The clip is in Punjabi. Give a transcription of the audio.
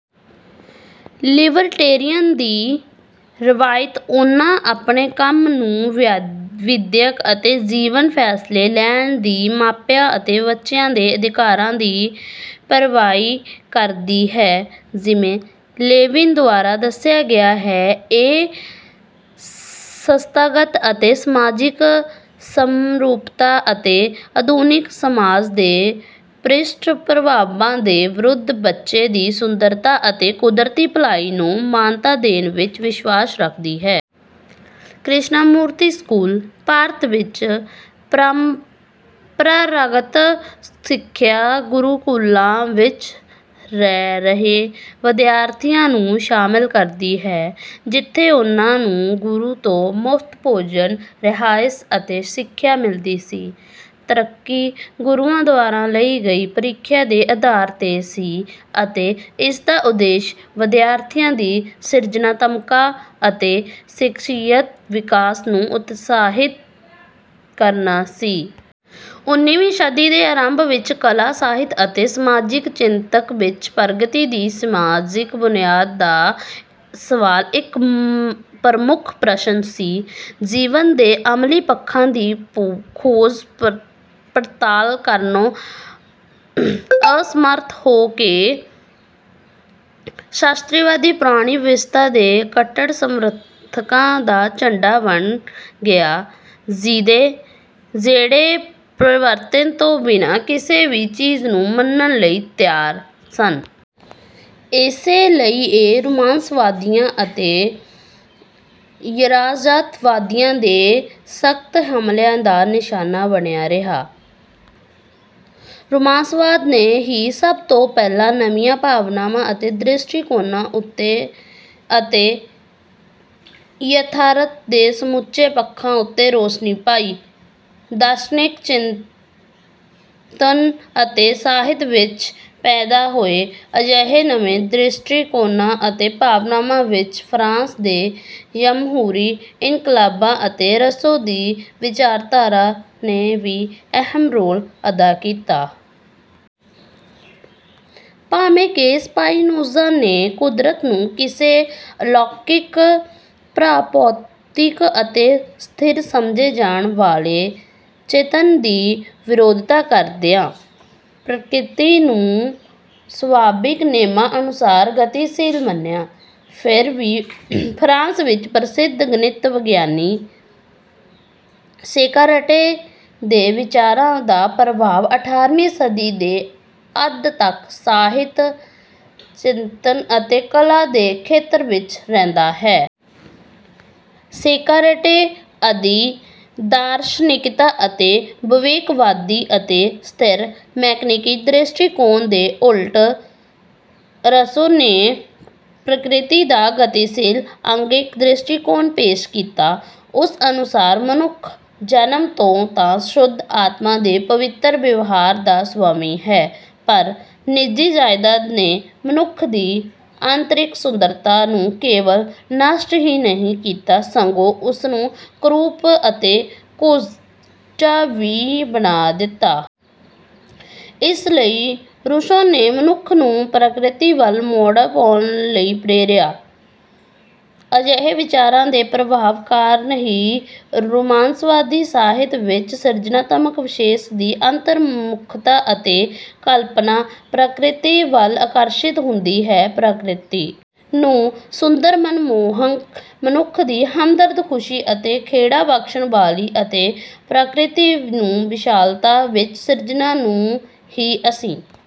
ਲਿਬਰਟੇਰੀਅਨ ਦੀ ਰਵਾਇਤ ਉਨ੍ਹਾਂ ਆਪਣੇ ਕੰਮ ਨੂੰ ਵਿਦਿਅਕ ਅਤੇ ਜੀਵਨ ਫੈਸਲੇ ਲੈਣ ਦੀ ਮਾਪਿਆਂ ਅਤੇ ਬੱਚਿਆਂ ਦੇ ਅਧਿਕਾਰਾਂ ਦੀ ਪਰਵਾਈ ਕਰਦੀ ਹੈ। ਜਿਵੇਂ ਲੇਵਿਨ ਦੁਆਰਾ ਦੱਸਿਆ ਗਿਆ ਹੈ ਇਹ ਸੰਸਥਾਗਤ ਅਤੇ ਸਮਾਜਿਕ ਸਮਰੂਪਤਾ ਅਤੇ ਆਧੁਨਿਕ ਸਮਾਜ ਦੇ ਭ੍ਰਿਸ਼ਟ ਪ੍ਰਭਾਵਾਂ ਦੇ ਵਿਰੁੱਧ ਬੱਚੇ ਦੀ ਸੁੰਦਰਤਾ ਅਤੇ ਕੁਦਰਤੀ ਭਲਾਈ ਨੂੰ ਮਾਨਤਾ ਦੇਣ ਵਿੱਚ ਵਿਸ਼ਵਾਸ ਰਖਦੀ ਹੈ। ਕ੍ਰਿਸ਼ਨਾਮੂਰਤੀ ਸਕੂਲ। ਭਾਰਤ ਵਿੱਚ ਪ੍ਰੰਪਰਾਗਤ ਸਿੱਖਿਆ ਗੁਰੂਕੁਲਾਂ ਵਿੱਚ ਰਹਿ ਰਹੇ ਵਿਦਿਆਰਥੀਆਂ ਨੂੰ ਸ਼ਾਮਲ ਕਰਦੀ ਹੈ ਜਿੱਥੇ ਉਨ੍ਹਾਂ ਨੂੰ ਗੁਰੂ ਤੋਂ ਮੁਫਤ ਭੋਜਨ ਰਿਹਾਇਸ਼ ਅਤੇ ਸਿੱਖਿਆ ਮਿਲਦੀ ਸੀ। ਤਰੱਕੀ ਗੁਰੂਆਂ ਦੁਆਰਾ ਲਈ ਗਈ ਪ੍ਰੀਖਿਆ ਦੇ ਆਧਾਰ ਤੇ ਸੀ ਅਤੇ ਇਸਦਾ ਉਦੇਸ਼ ਵਿਦਿਆਰਥੀਆਂ ਦੀ ਸਿਰਜਣਾਤਮਕਾ ਅਤੇ ਸ਼ਖਸੀਅਤ ਵਿਕਾਸ ਨੂੰ ਉਤਸ਼ਾਹਿਤ ਕਰਨਾ ਸੀ। ਉਨੀਵੀਂ ਸਦੀ ਦੇ ਆਰੰਭ ਵਿੱਚ ਕਲਾ ਸਾਹਿਤ ਅਤੇ ਸਮਾਜਿਕ ਚਿੰਤਕ ਵਿੱਚ ਪ੍ਰਗਤੀ ਦੀ ਸਮਾਜਿਕ ਬੁਨਿਆਦ ਦਾ ਸਵਾਲ ਇੱਕ ਪ੍ਰਮੁੱਖ ਪ੍ਰਸ਼ਨ ਸੀ। ਜੀਵਨ ਦੇ ਅਮਲੀ ਪੱਖਾਂ ਦੀ ਖੋਜ ਪੜਤਾਲ ਕਰਨੋਂ ਅਸਮਰੱਥ ਹੋ ਕੇ ਸ਼ਾਸਤਰੀਵਾਦੀ ਪੁਰਾਣੀ ਵਿਵਸਥਾ ਦੇ ਕੱਟੜ ਸਮਰਥਕਾਂ ਦਾ ਝੰਡਾ ਬਣ ਗਿਆ ਜਿਹੜੇ ਪਰਿਵਰਤਨ ਤੋਂ ਬਿਨਾਂ ਕਿਸੇ ਵੀ ਚੀਜ਼ ਨੂੰ ਮੰਨਣ ਲਈ ਤਿਆਰ ਸਨ। ਇਸੇ ਲਈ ਇਹ ਰੁਮਾਂਸਵਾਦੀਆਂ ਅਤੇ ਯਜਾਰਤਵਾਦੀਆਂ ਦੇ ਸਖਤ ਹਮਲਿਆਂ ਦਾ ਨਿਸ਼ਾਨਾ ਬਣਿਆ ਰਿਹਾ। ਰੁਮਾਂਸਵਾਦ ਨੇ ਹੀ ਸਭ ਤੋਂ ਪਹਿਲਾਂ ਨਵੀਆਂ ਭਾਵਨਾਵਾਂ ਅਤੇ ਦ੍ਰਿਸ਼ਟੀਕੋਣਾਂ ਉੱਤੇ ਅਤੇ ਯਥਾਰਥ ਦੇ ਸਮੁੱਚੇ ਪੱਖਾਂ ਉੱਤੇ ਰੌਸ਼ਨੀ ਪਾਈ। ਦਾਰਸ਼ਨਿਕ ਚਿੰਤਨ ਅਤੇ ਸਾਹਿਤ ਵਿੱਚ ਪੈਦਾ ਹੋਏ ਅਜਿਹੇ ਨਵੇਂ ਦ੍ਰਿਸ਼ਟੀਕੋਣਾਂ ਅਤੇ ਭਾਵਨਾਵਾਂ ਵਿੱਚ ਫਰਾਂਸ ਦੇ ਜਮਹੂਰੀ ਇਨਕਲਾਬਾਂ ਅਤੇ ਰਸੋ ਦੀ ਵਿਚਾਰਧਾਰਾ ਨੇ ਵੀ ਅਹਿਮ ਰੋਲ ਅਦਾ ਕੀਤਾ। ਭਾਵੇਂ ਕਿ ਸਪਾਈਨੋਜ਼ਾ ਨੇ ਕੁਦਰਤ ਨੂੰ ਕਿਸੇ ਅਲੌਕਿਕ ਪਰਾਭੌਤਿਕ ਅਤੇ ਸਥਿਰ ਸਮਝੇ ਜਾਣ ਵਾਲੇ ਚੇਂਤਨ ਦੀ ਵਿਰੋਧਤਾ ਕਰਦਿਆਂ ਪ੍ਰਕਿਰਤੀ ਨੂੰ ਸੁਭਾਵਿਕ ਨੇਮਾਂ ਅਨੁਸਾਰ ਗਤੀਸ਼ੀਲ ਮੰਨਿਆ। ਫਿਰ ਵੀ ਫਰਾਂਸ ਵਿੱਚ ਪ੍ਰਸਿੱਧ ਗਣਿਤ ਵਿਗਿਆਨੀ ਛੇਕਾਰਟੇ ਦੇ ਵਿਚਾਰਾਂ ਦਾ ਪ੍ਰਭਾਵ ਅਠਾਰ੍ਹਵੀਂ ਸਦੀ ਦੇ ਅੱਧ ਤੱਕ ਸਾਹਿਤ ਚਿੰਤਨ ਅਤੇ ਕਲਾ ਦੇ ਖੇਤਰ ਵਿੱਚ ਰਹਿੰਦਾ ਹੈ। ਛੇਕਾਰਟੇ ਆਦਿ ਦਾਰਸ਼ਨਿਕਤਾ ਅਤੇ ਵਿਵੇਕਵਾਦੀ ਅਤੇ ਸਥਿਰ ਮਕੈਨੀਕੀ ਦ੍ਰਿਸ਼ਟੀਕੋਣ ਦੇ ਉਲਟ ਰੂਸੋ ਨੇ ਪ੍ਰਕਿਰਤੀ ਦਾ ਗਤੀਸ਼ੀਲ ਆਂਗਿਕ ਦ੍ਰਿਸ਼ਟੀਕੋਣ ਪੇਸ਼ ਕੀਤਾ। ਉਸ ਅਨੁਸਾਰ ਮਨੁੱਖ ਜਨਮ ਤੋਂ ਤਾਂ ਸ਼ੁੱਧ ਆਤਮਾ ਅਤੇ ਪਵਿੱਤਰ ਵਿਵਹਾਰ ਦਾ ਸੁਆਮੀ ਹੈ ਪਰ ਨਿੱਜੀ ਜਾਇਦਾਦ ਨੇ ਮਨੁੱਖ ਦੀ ਆਂਤਰਿਕ ਸੁੰਦਰਤਾ ਨੂੰ ਕੇਵਲ ਨਸ਼ਟ ਹੀ ਨਹੀਂ ਕੀਤਾ ਸਗੋਂ ਉਸਨੂੰ ਕਰੂਪ ਅਤੇ ਕੋਝਾ ਵੀ ਬਣਾ ਦਿੱਤਾ। ਇਸ ਲਈ ਰੂਸੋ ਨੇ ਮਨੁੱਖ ਨੂੰ ਪ੍ਰਕਿਰਤੀ ਵੱਲ ਮੋੜਾ ਪਾਉਣ ਲਈ ਪ੍ਰੇਰਿਆ। ਅਜਿਹੇ ਵਿਚਾਰਾਂ ਦੇ ਪ੍ਰਭਾਵ ਕਾਰਨ ਹੀ ਰੁਮਾਂਸਵਾਦੀ ਸਾਹਿਤ ਵਿੱਚ ਸਿਰਜਣਾਤਮਕ ਵਿਸ਼ੇਸ਼ ਦੀ ਅੰਤਰਮੁੱਖਤਾ ਅਤੇ ਕਲਪਨਾ ਪ੍ਰਾਕਿਰਤੀ ਵੱਲ ਆਕਰਸ਼ਿਤ ਹੁੰਦੀ ਹੈ। ਪ੍ਰਾਕਿਰਤੀ ਨੂੰ ਸੁੰਦਰ ਮਨਮੋਹਕ ਮਨੁੱਖ ਦੀ ਹਮਦਰਦ ਖੁਸ਼ੀ ਅਤੇ ਖੇੜਾ ਬਖਸ਼ਣ ਵਾਲੀ ਅਤੇ ਪ੍ਰਕਿਰਤੀ ਨੂੰ ਵਿਸ਼ਾਲਤਾ ਵਿੱਚ ਸਿਰਜਣਾ ਨੂੰ ਹੀ ਅਸੀਂ